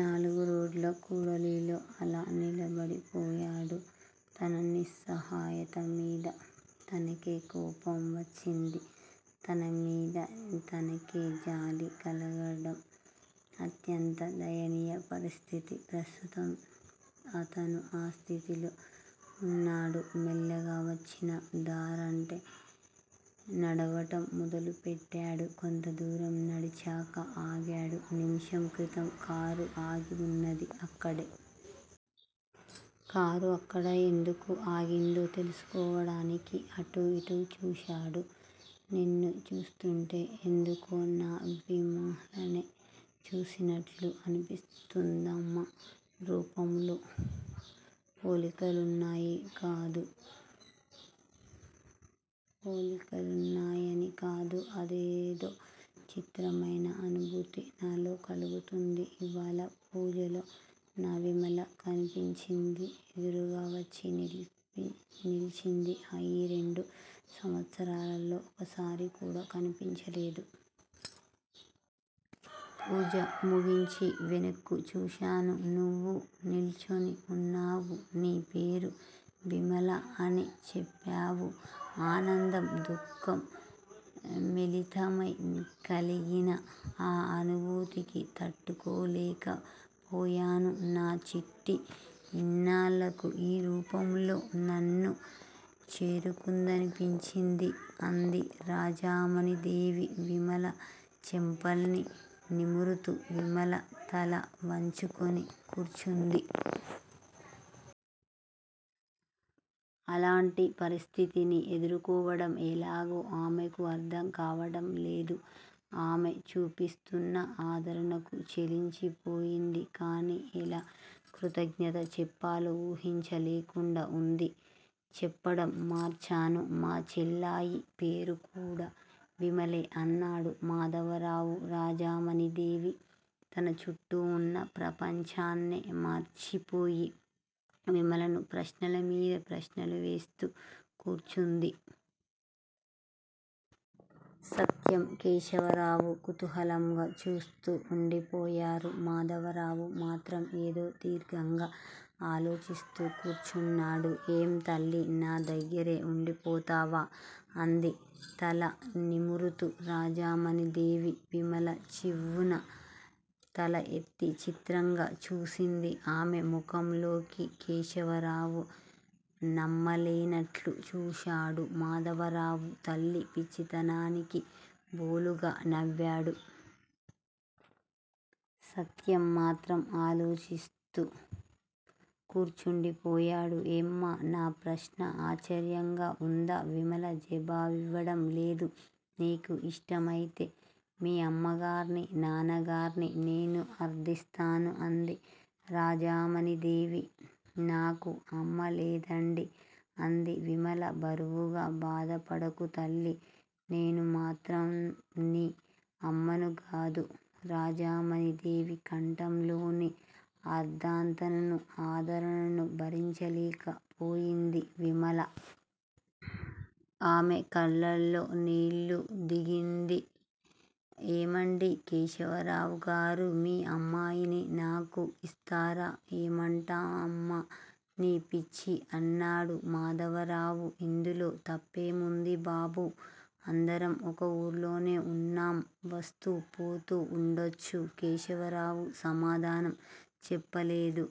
నాలుగురోడ్ల కూడలిలో అలా నిలబడిపోయాడు. తన నిస్సహాయత మీద తనకే కోపం వచ్చింది. తనమీద తనకే జాలి కలగడం అత్యంత దయనీయ పరిస్థితి. ప్రస్తుతం అతను ఆ స్థితిలో వున్నాడు. మెల్లగా వచ్చిన దారంటే నడవడం మొదలుపెట్టాడు. కొంత దూరం నడిచాక ఆగాడు. నిముషం క్రితం కారు ఆగివున్నది అక్కడే. కారు అక్కడ ఎందుకు ఆగిందో తెలుసుకోవడానికి అటూ ఇటూ చూశాడు. నిన్ను చూస్తుంటే ఎందుకో నా విమలనే చూసినట్లు అనిపిస్తుందమ్మా! రూపంలో పోలికలున్నాయని కాదు. అదేదో చిత్రమయిన అనుభూతి నాలో కలుగుతోంది. ఇవ్వాళ పూజలో నా విమల కనిపించింది. ఎదురుగావచ్చి నిల్చింది. ఈ రెండు సంవత్సరాల్లో ఒక్కసారికూడా కనిపించలేదు. పూజ ముగించి వెనక్కు చూశాను. నువ్వు నిల్చొని ఉన్నావు. నీ పేరు విమల అని చెప్పావు. ఆనందం దుఃఖం మిళితమై కలిగిన ఆ అనుభూతికి తట్టుకోలేకపోయాను. నా చిట్టి ఇన్నాళ్ళకు ఈ రూపంలో నన్ను చేరుకుందనిపించింది అంది రాజమణీదేవి విమల చెంపల్ని నిమురుతూ. విమల తల వంచుకొని కూర్చుంది. అలాంటి పరిస్థితిని ఎదుర్కోవడం ఎలాగో ఆమెకు అర్ధం కావటంలేదు. ఆమె చూపిస్తున్న ఆదరణకు చలించిపోయింది. కాని ఎలా కృతజ్ఞత చెప్పాలో ఊహించలేకుండా ఉంది. చెప్పడం మర్చాను, మా చెల్లాయి పేరుకూడా విమలే! అన్నాడు మాధవరావు. రాజమణీదేవి తన చుట్టూవున్న ప్రపంచాన్నే మర్చిపోయి విమలను ప్రశ్నలమీద ప్రశ్నలు వేస్తూ కూర్చుంది. సత్యం, కేశవరావు కుతూహలంగా చూస్తూ వుండిపోయారు. మాధవరావు మాత్రం ఏదో దీర్ఘంగా ఆలోచిస్తూ కూర్చున్నాడు. ఏం తల్లీ! నా దగ్గరే ఉండిపోతావా? అంది తల నిమురుతూ రాజమణీదేవి. విమల చివ్వున తల ఎత్తి చిత్రంగా చూసింది ఆమె ముఖంలోకి. కేశవరావు నమ్మలేనట్లు చూశాడు. మాధవరావు తల్లి పిచ్చితనానికి బోలుగా నవ్వాడు. సత్యం మాత్రం ఆలోచిస్తూ కూర్చుండిపోయాడు. ఏమ్మా! నా ప్రశ్న ఆశ్చర్యంగా వుందా? విమల జవాబివ్వడంలేదు. నీకు ఇష్టం అయితే మీ అమ్మగార్నీ, నాన్నగార్నీ నేను అర్ధిస్తాను అంది రాజమణీదేవి. నాకు అమ్మ లేదండీ! అంది విమల బరువుగా. బాధపడకు తల్లీ! నేనుమాత్రం ణీ అమ్మనుగాదూ? రాజమణీదేవి కంఠంలోని అర్ధాంతరను, ఆదరణనూ భరించలేకపోయింది విమల. ఆమె కళ్ళలో నీళ్లు దిగింది. ఏమండీ కేశవరావుగారూ! మీ అమ్మాయిని నాకు ఇస్తారా? ఏమంటామ్మా నీ పిచ్చి అన్నాడు మాధవరావు. ఇందులో తప్పేముంది బాబూ! అందరం ఒక ఊళ్ళోనే ఉన్నాం. వస్తూ పోతూ ఉండొచ్చు. కేశవరావు సమాధానం చెప్పలేదు.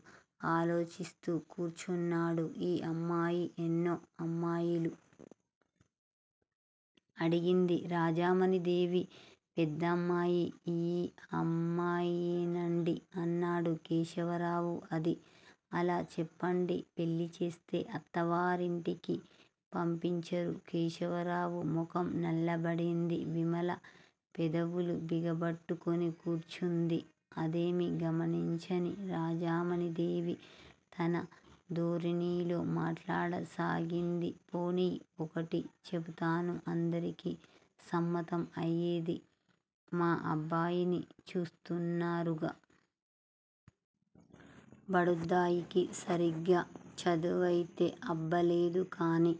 ఆలోచిస్తూ కూర్చున్నాడు. ఈ అమ్మాయి ఎన్నో అమ్మాయిలు? అడిగింది రాజమణీదేవి. పెద్దమ్మాయి ఈ అమ్మాయేనండి అన్నాడు కేశవరావు. అదీ అలా చెప్పండీ! పెళ్ళిచేస్తే అత్తవారింటికి పంపించరూ? కేశవరావు ముఖం నల్లబడింది. విమల పెదవులు బిగబట్టుకొని కూర్చుంది. అదేమీ గమనించని రాజమణీదేవి తన ధోరణిలో మాట్లాడసాగింది. పోనీయ్! ఒకటి చెబుతాను అందరికీ సమ్మతం అయేది. మా అబ్బాయిని చూస్తున్నారుగా? బడుద్దాయికి సరిగా చదివైతే అబ్బలేదుగాని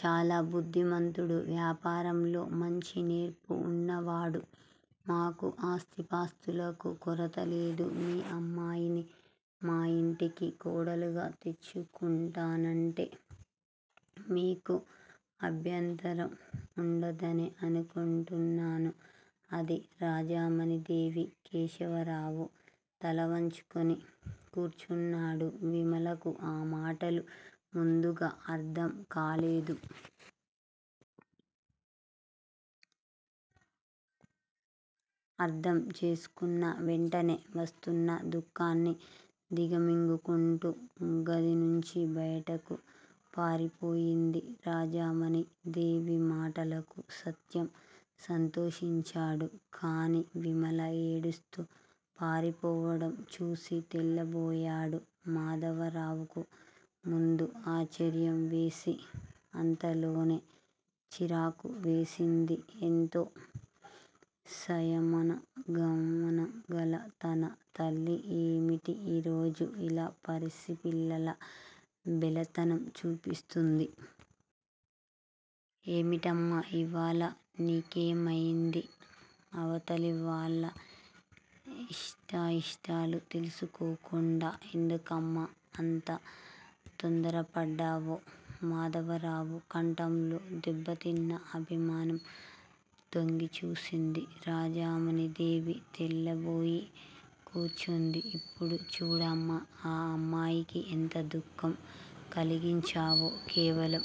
చాలా బుద్ధిమంతుడు, వ్యాపారంలో మంచి నేర్పు ఉన్నవాడు. మాకు ఆస్థిపాస్తులకు కొరతలేదు. మీ అమ్మాయిని మా ఇంటికి కోడలుగా తెచ్చుకుంటానంటే మీకు అభ్యంతరం ఉండదనే అనుకుంటున్నాను అది రాజమణీదేవి. కేశవరావు తలవంచుకొని కూర్చున్నాడు. విమలకు ఆ మాటలు ముందుగా అర్ధంకాలేదు. అర్ధంచేసుకొన్న వెంటనే వస్తున్న దుఃఖాన్ని దిగమింగుకుంటూ గదినుంచి బయటకు పారిపోయింది. రాజమణీదేవి మాటలకు సత్యం సంతోషించాడు. కాని విమల ఏడుస్తూ పారిపోవడంచూసి తెల్లబోయాడు. మాధవరావుకు ముందు ఆశ్చర్యంవేసి. అంతలోనే చిరాకువేసింది. ఎంతో సయమనంగల తన తల్లి ఏమిటి ఈ రోజు ఇలా పసిపిల్లలా బెలతనం చూపిస్తుంది! ఏమిటమ్మా! ఇవాళ నీకేమయింది? అవతలివాళ్ళ ఇష్టాయిష్టాలు తెలుసుకోకుండా ఎందుకమ్మా అంత తొందరపడ్డావు? మాధవరావు కంఠంలో దెబ్బతిన్న అభిమానం తొంగిచూసింది. రాజమణీదేవి తెల్లబోయి కూర్చుంది. ఇప్పుడు చూడమ్మా, ఆ అమ్మాయికి ఎంత దుఃఖం కలిగించావో? కేవలం